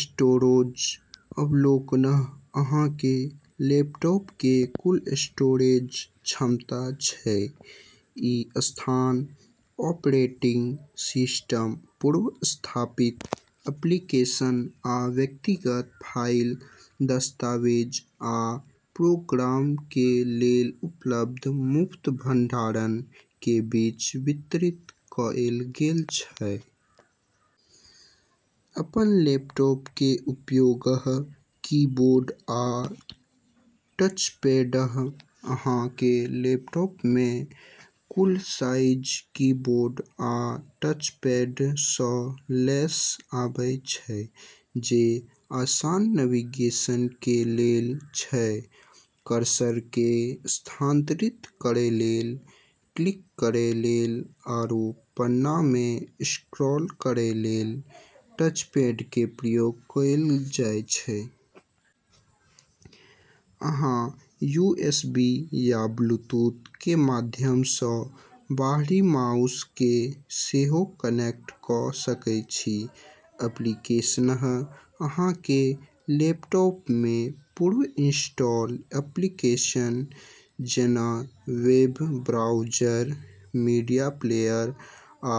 स्टोरोज अवलोकन: अहाँ के लैपटॉप के कुल स्टोरेज क्षमता छै। ई स्थान ऑपरेटिंग सिस्टम, पूर्व-स्थापित एप्लीकेशन, आ व्यक्तिगत फाइल, दस्तावेज आ प्रोग्राम के लेल उपलब्ध मुफ्त भंडारण के बीच वितरित कएल गेल छै। अपन लैपटॉप के उपयोग:- कीबोर्ड आ टचपैड: अहाँ के लैपटॉप में फुल साइज कीबोर्ड आ टचपैड सँ लैस आबै छै जे आसान नेविगेशन के लेल छै। कर्सर के स्थानांतरित करै लेल, क्लिक करै लेल आरू पन्ना में स्क्रॉल करै लेल टचपैड के प्रयोग कएल जाय छै। अहाँ यूएसबी या ब्लूटूथ के माध्यम सँ बाहरी माउस के सेहो कनेक्ट क' सकय छी। एप्लीकेशन: अहाँ के लैपटॉप में पूर्व-इंस्टॉल एप्लीकेशन जेना वेब ब्राउज़र, मीडिया प्लेयर, आ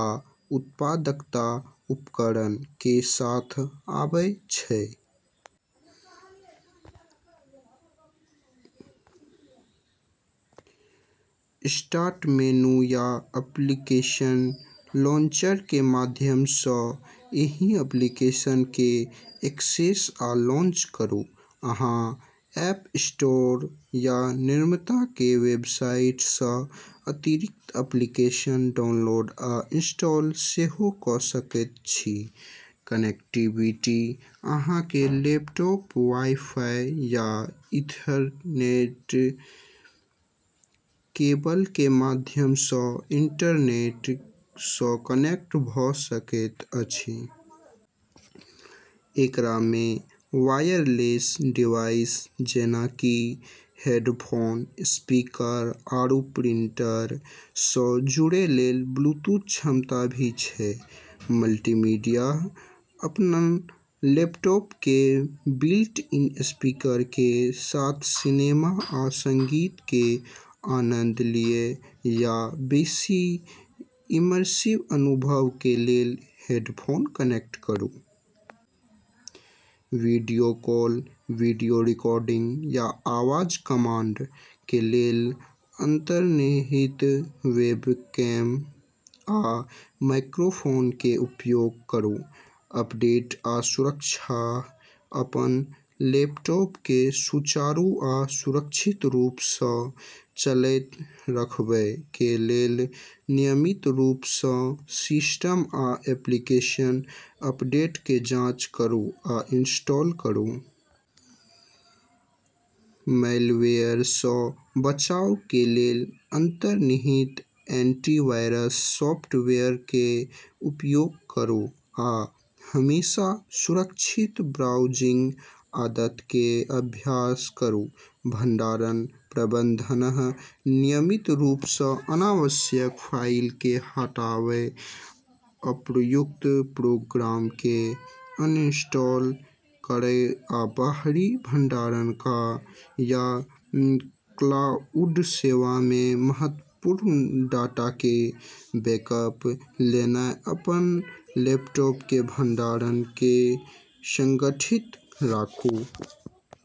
उत्पादकता उपकरण के साथ आबै छै। स्टार्ट मेनू या एप्लीकेशन लांचर के माध्यम सँ एहि एप्लीकेशन के एक्सेस आ लॉन्च करूँ। अहाँ ऐप स्टोर या निर्माता के वेबसाइट सँ अतिरिक्त एप्लीकेशन डाउनलोड आ इंस्टॉल सेहो क' सकैत छी। कनेक्टिविटी: अहाँ के लैपटॉप वाई-फाई या ईथरनेट केबल के माध्यम सँ इंटरनेट सँ कनेक्ट भऽ सकैत अछि। एकरा में वायरलेस डिवाइस जेना कि हेडफोन, स्पीकर, आरू प्रिंटर सँ जुड़ै लेल ब्लूटूथ क्षमता भी छै। मल्टीमीडिया: अपन लैपटॉप के बिल्ट-इन स्पीकर के साथ सिनेमा आ संगीत के आनंद लिय, या बेसी इमर्सिव अनुभव के लेल हेडफोन कनेक्ट करू। वीडियो कॉल, वीडियो रिकॉर्डिंग, आ आवाज कमांड के लेल अंतर्निहित वेबकैम आ माइक्रोफोन के उपयोग करू। अपडेट आ सुरक्षा: अपन लैपटॉप के सुचारू आ सुरक्षित रूप सँ चलैत रखबय के लेल नियमित रूप सँ सिस्टम आ एप्लीकेशन अपडेट के जांच करू आ इंस्टॉल करू। मैलवेयर सँ बचाव के लेल अंतर्निहित एंटीवायरस सॉफ्टवेयर के उपयोग करू, आ हमेशा सुरक्षित ब्राउजिंग आदत के अभ्यास करू। भंडारण प्रबंधन: नियमित रूप सँ अनावश्यक फाइल के हटावय, अप्रयुक्त प्रोग्राम के अनइंस्टॉल करय, आ बाहरी भंडारण या क्लाउड सेवा में महत्वपूर्ण डाटा के बैकअप लेनाय, अपन लैपटॉप के भंडारण के संगठित राखूँ।